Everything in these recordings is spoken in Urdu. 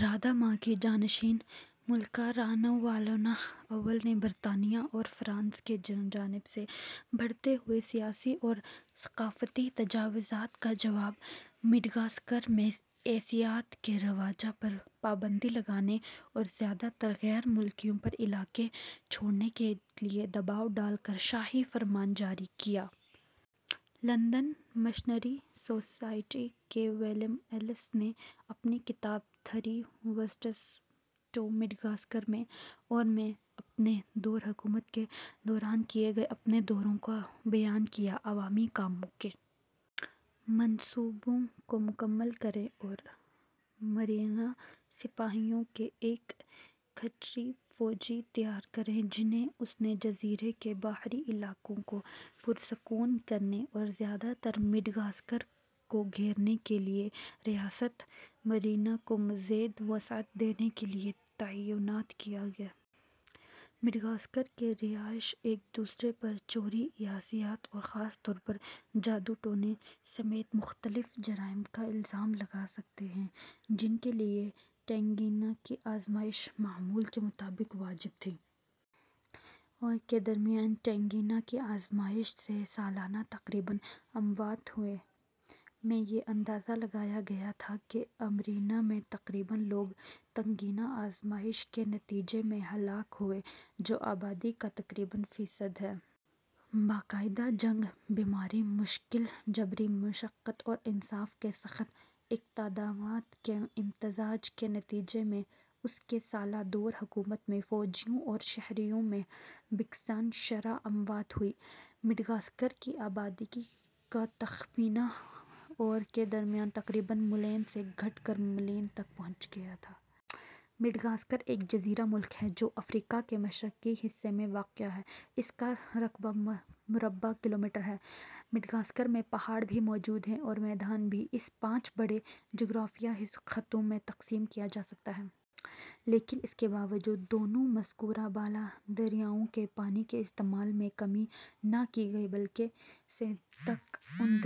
راداما کی جانشین، ملکہ راناوالونا اول نے برطانیہ اور فرانس کی جانب سے بڑھتے ہوئے سیاسی اور ثقافتی تجاوزات کا جواب مڈغاسکر میں عیسائیت کے رواج پر پابندی لگانے اور زیادہ تر غیر ملکیوں پر علاقہ چھوڑنے کے لیے دباؤ ڈال کر شاہی فرمان جاری کیا۔ لندن مشنری سوسائٹی کے ولیم ایلس نے اپنی کتاب تھری وزٹس ٹو مڈغاسکر میں ، اور میں اپنے دور حکومت کے دوران کیے گئے اپنے دوروں کو بیان کیا ہے۔ عوامی کاموں کے منصوبوں کو مکمل کریں اور اور مرینا سپاہیوں کی ایک کھڑی فوج تیار کریں، جنھیں اس نے جزیرے کے باہری علاقوں کو پرسکون کرنے اور زیادہ تر مڈغاسکر کو گھیرنے کے لیے ریاست مرینا کو مزید وسعت دینے کے لیے تعینات کیا۔ مڈغاسکر کے رہائشی ایک دوسرے پر چوری، عیسائیت اور خاص طور پر جادو ٹونے سمیت مختلف جرائم کا الزام لگا سکتے ہیں، جن کے لیے ٹینگینا کی آزمائش معمول کے مطابق واجب تھی۔ اور کے درمیان، ٹینگینا کی آزمائش سے سالانہ تقریباً اموات ہوئیں۔ میں، یہ اندازہ لگایا گیا تھا کہ امیرینا میں تقریباً لوگ تنگینا آزمائش کے نتیجے میں ہلاک ہوئے، جو آبادی کا تقریباً فیصد ہے۔ باقاعدہ جنگ، بیماری، مشکل جبری مشقت اور انصاف کے سخت اقدامات کے امتزاج کے نتیجے میں اس کے سالہ دور حکومت میں فوجیوں اور شہریوں میں یکساں شرح اموات ہوئی۔ مڈغاسکر کی آبادی کا تخمینہ اور کے درمیان تقریباً ملین سے گھٹ کر ملین تک پہنچ گیا ہے۔ ماڈاگاسکار ایک جزیرہ ملک ہے، جو افریقا کے مشرقی حصہ میں واقع ہےـ اس کا رقبہ ، مربع کلومیٹر ہےـ ماڈاگاسکار میں پہاڑ بھی موجود ہیں اور میدان بھی، اسے پانچ بڑے جغرافیائی خطوں میں تقسیم کیا جا سکتا ہے:۔ لیکن اس کے باوجود دونوں مذکورہ بالا دریاؤں کے پانی کے استعمال میں کمی نہ کی گئی بلکہ ء سے ء تک ان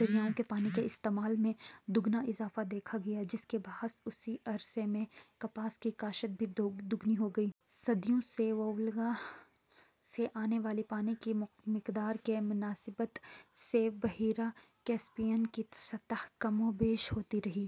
دریاؤں کے پانی کے استعمال میں دگنا اضافہ دیکھا گیا جس کے باعث اس عرصے میں کپاس کی کاشت بھی دوگنی ہو گئی۔ صدیوں سے وولگا سے آنے والے پانی کی مقدار کی مناسبت سے بحیرہ کیسپیئن کی سطح کم و بیش ہوتی رہی ہے۔